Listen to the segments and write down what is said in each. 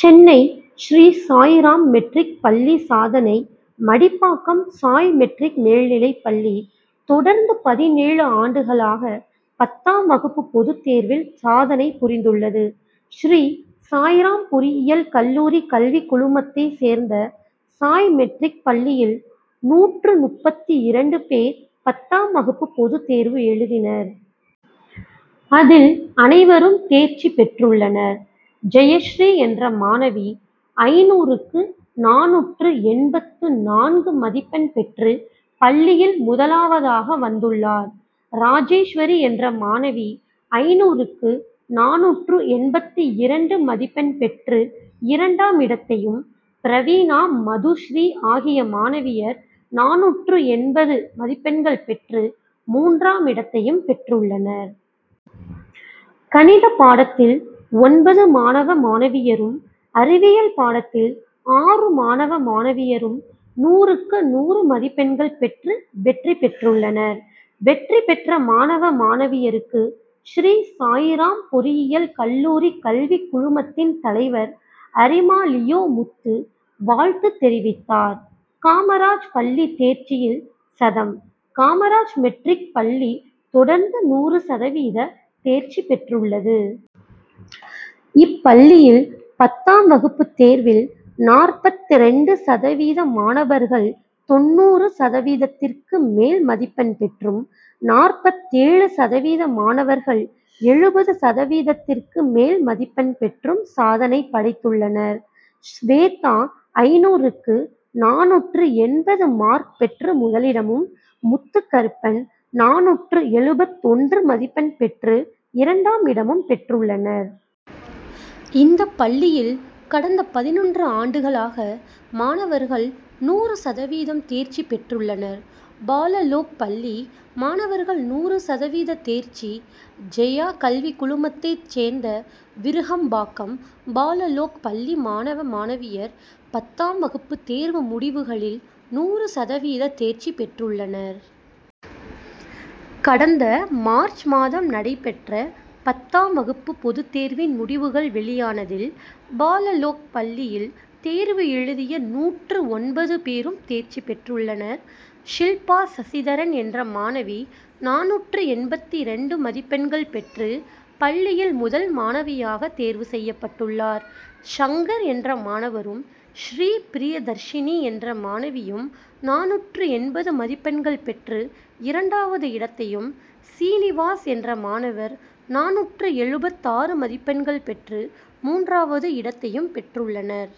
Chennai Sri Sai Ram matric பள்ளி சாதனை Madipakkam Sai matric மேல்நிலைப்பள்ளி, தொடர்ந்து பதினேழு ஆண்டுகளாக பத்தாம் வகுப்பு பொதுத் தேர்வில் சாதனை புரிந்துள் ளது. ஸ்ரீ சாய்ராம் பொறியியல் கல்லூரி கல்விக் குழுமத்தை சேர்ந்த சாய் மெட்ரிக் பள்ளியில், நூற்று முப்பத்திரண்டு பேர் பத்தாம் வகுப்பு பொதுத் தேர்வு எழுதினர். அதில் அனைவரும் தேர்ச்சி பெற்றுள்ளனர். ஜெயஸ்ரீ என்ற மாணவி ஐந்நூறுக்கு நானூற்று எண்பத்து நான்கு மதிப்பெண் பெற்று பள்ளியில் முதலாவதாக வந்துள்ளார். ராஜேஸ்வரி என்ற மாணவி ஐந்நூறுக்கு நானூற்று எண்பத்திரண்டு மதிப்பெண் பெற்று இரண்டாம் இடத்தையும், பிரவீனா, மதுஸ்ரீ ஆகிய மாணவியர் நானூற்று எண்பது மதிப் பெண்கள் பெற்று மூன்றாம் இடத்தையும் பெற்றுள்ளனர். கணித பாடத்தில் ஒன்பது மாணவ மாணவியரும், அறிவியல் பாடத்தில் ஆறு மாணவ மாணவியரும் நூறுக்கு நூறு மதிப்பெண்கள் பெற்று வெற்றி பெற்றுள்ளனர். வெற்றி பெற்ற மாணவ, மாணவியருக்கு, ஸ்ரீ சாய்ராம் பொறியியல் கல்லூரி கல்விக் குழுமத்தின் தலைவர் அரிமா. லியோ முத்து வாழ்த்து தெரிவித்தார். காமராஜ் பள்ளி தேர்ச்சியில் சதம் காமராஜ் மெட்ரிக் பள்ளி தொடர்ந்து நூறு சதவீத தேர்ச்சி பெற்றுள்ளது. இப்பள்ளியில் பத்தாம் வகுப்பு தேர்வில் நாற்பத்திரண்டு சதவீத மாணவர்கள் தொண்ணூறு சதவீதத்திற்கு மேல் மதிப்பெண் பெற்றும், நாற்பத்தேழு சதவீத மாணவர்கள் எழுபது சதவீதத்திற்கு மேல் மதிப்பெண் பெற்றும் சாதனை படைத்துள்ளனர். ஸ்வேதா ஐந்நூறுக்கு நானூற்று எண்பது மார்க் பெற்று முதலிடமும், முத்துகருப்பன் நானூற்று எழுபத்தொன்று மதிப்பெண் பெற்று இரண்டாம் இடமும் பெற்றுள்ளனர். இந்த பள்ளியில் கடந்த பதினொன்று ஆண்டுகளாக மாணவர்கள் நூறு சதவீதம் தேர்ச்சி பெற்றுள்ளனர். பாலலோக் பள்ளி மாணவர்கள் நூறு சதவீத தேர்ச்சி ஜெயா கல்விக் குழுமத்தைச் சேர்ந்த விருகம்பாக்கம் பாலலோக் பள்ளி மாணவ, மாணவியர் பத்தாம் வகுப்பு தேர்வு முடிவுகளில் நூறு சதவீத தேர்ச்சி பெற்றுள்ளனர். கடந்த மார்ச் மாதம் நடைபெற்ற பத்தாம் வகுப்பு பொதுத் தேர்வின் முடிவுகள் வெளியானதில், பாலலோக் பள்ளியில் தேர்வு எழுதிய நூற்று ஒன்பது பேரும் தேர்ச்சி பெற்றுள்ளனர். ஷில்பா சசிதரன் என்ற மாணவி நானூற்று எண்பத்திரண்டு மதிப்பெண்கள் பெற்று, பள்ளியில் முதல் மாணவியாக தேர்வு செய்யப்பட்டுள்ளார். சங்கர் என்ற மாணவரும், ஸ்ரீபிரியதர்ஷினி என்ற மாணவியும் நானூற்று எண்பது மதிப்பெண்கள் பெற்று இரண்டாவது இடத்தையும், சீனிவாஸ் என்ற மாணவர் நானூற்று எழுபத்தாறு மதிப்பெண்கள் பெற்று மூன்றாவது இடத்தையும் பெற்றுள்ளனர்.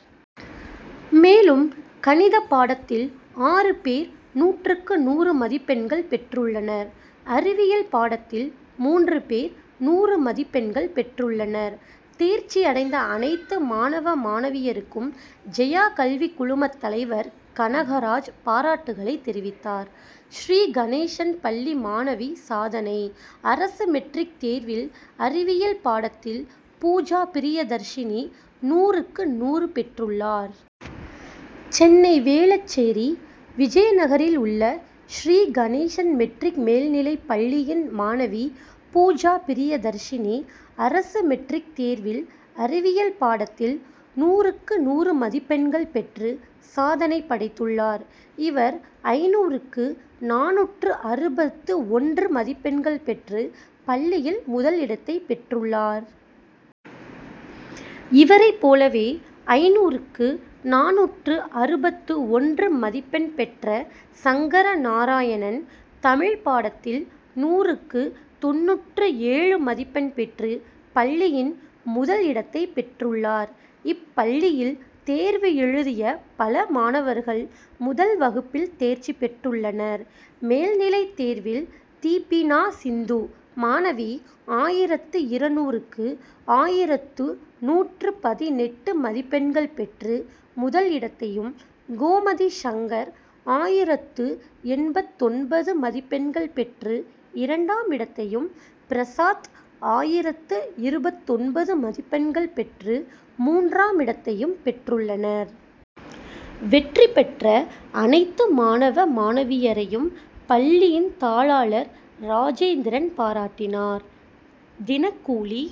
மேலும், கணிதப் பாடத்தில் ஆறு பேர் நூற்றுக்கு நூறு மதிப்பெண்கள் பெற்றுள்ளனர். அறிவியல் பாடத்தில் மூன்று பேர் நூறு மதிப்பெண்கள் பெற்றுள்ளனர். தேர்ச்சி அடைந்த அனைத்து மாணவ, மாணவியருக்கும், ஜெயா கல்விக் குழுமத் தலைவர் கனகராஜ் பாராட்டுகளை தெரிவித்தார். ஸ்ரீகணேசன் பள்ளி மாணவி சாதனை அரசு மெட்ரிக் தேர்வில் அறிவியல் பாடத்தில் பூஜா பிரியதர்ஷினி நூறுக்கு நூறு பெற்றுள்ளார். சென்னை வேளச்சேரி, விஜயநகரில் உள்ள ஸ்ரீ கணேசன் மெட்ரிக் மேல்நிலைப் பள்ளியின் மாணவி பூஜா பிரியதர்ஷினி, அரசு மெட்ரிக் தேர்வில் அறிவியல் பாடத்தில் நூறுக்கு நூறு மதிப்பெண்கள் பெற்று சாதனை படைத்துள் ளார். இவர் ஐந்நூறுக்கு நானூற்று அறுபத்து ஒன்று மதிப் பெண்கள் பெற்று பள்ளியில் முதல் இடத்தைப் பெற் றுள்ளார். இவரைப் போலவே, ஐந்நூறுக்கு நானூற்று அறுபத்து ஒன்று மதிப்பெண் பெற்ற சங்கர நாராயணன், தமிழ் பாடத்தில் நூறுக்கு தொண்ணூற்று ஏழு மதிப் பெண் பெற்று பள்ளியின் முதல் இடத்தைப் பெற்றுள்ளார். இப்பள்ளியில் தேர்வு எழுதிய பல மாணவர்கள் முதல் வகுப்பில் தேர்ச்சி பெற்றுள் ளனர். மேல்நிலைத் தேர்வில் தீபினா சிந்து மாணவி ஆயிரத்து இருநூறுக்கு ஆயிரத்து நூற்று பதினெட்டு மதிப்பெண்கள் பெற்று முதல் இடத்தையும், கோமதி சங்கர் ஆயிரத்து எண்பத்தொன்பது மதிப்பெண்கள் பெற்று இரண்டாம் இடத்தையும், பிரசாத் ஆயிரத்து இருபத்தொன்பது மதிப்பெண்கள் பெற்று மூன்றாம் இடத்தையும் பெற்றுள்ளனர். வெற்றி பெற்ற அனைத்து மாணவ, மாணவியரையும் பள்ளியின் தாளாளர் ராஜேந்திரன் பாராட்டினார். தினக்கூலி,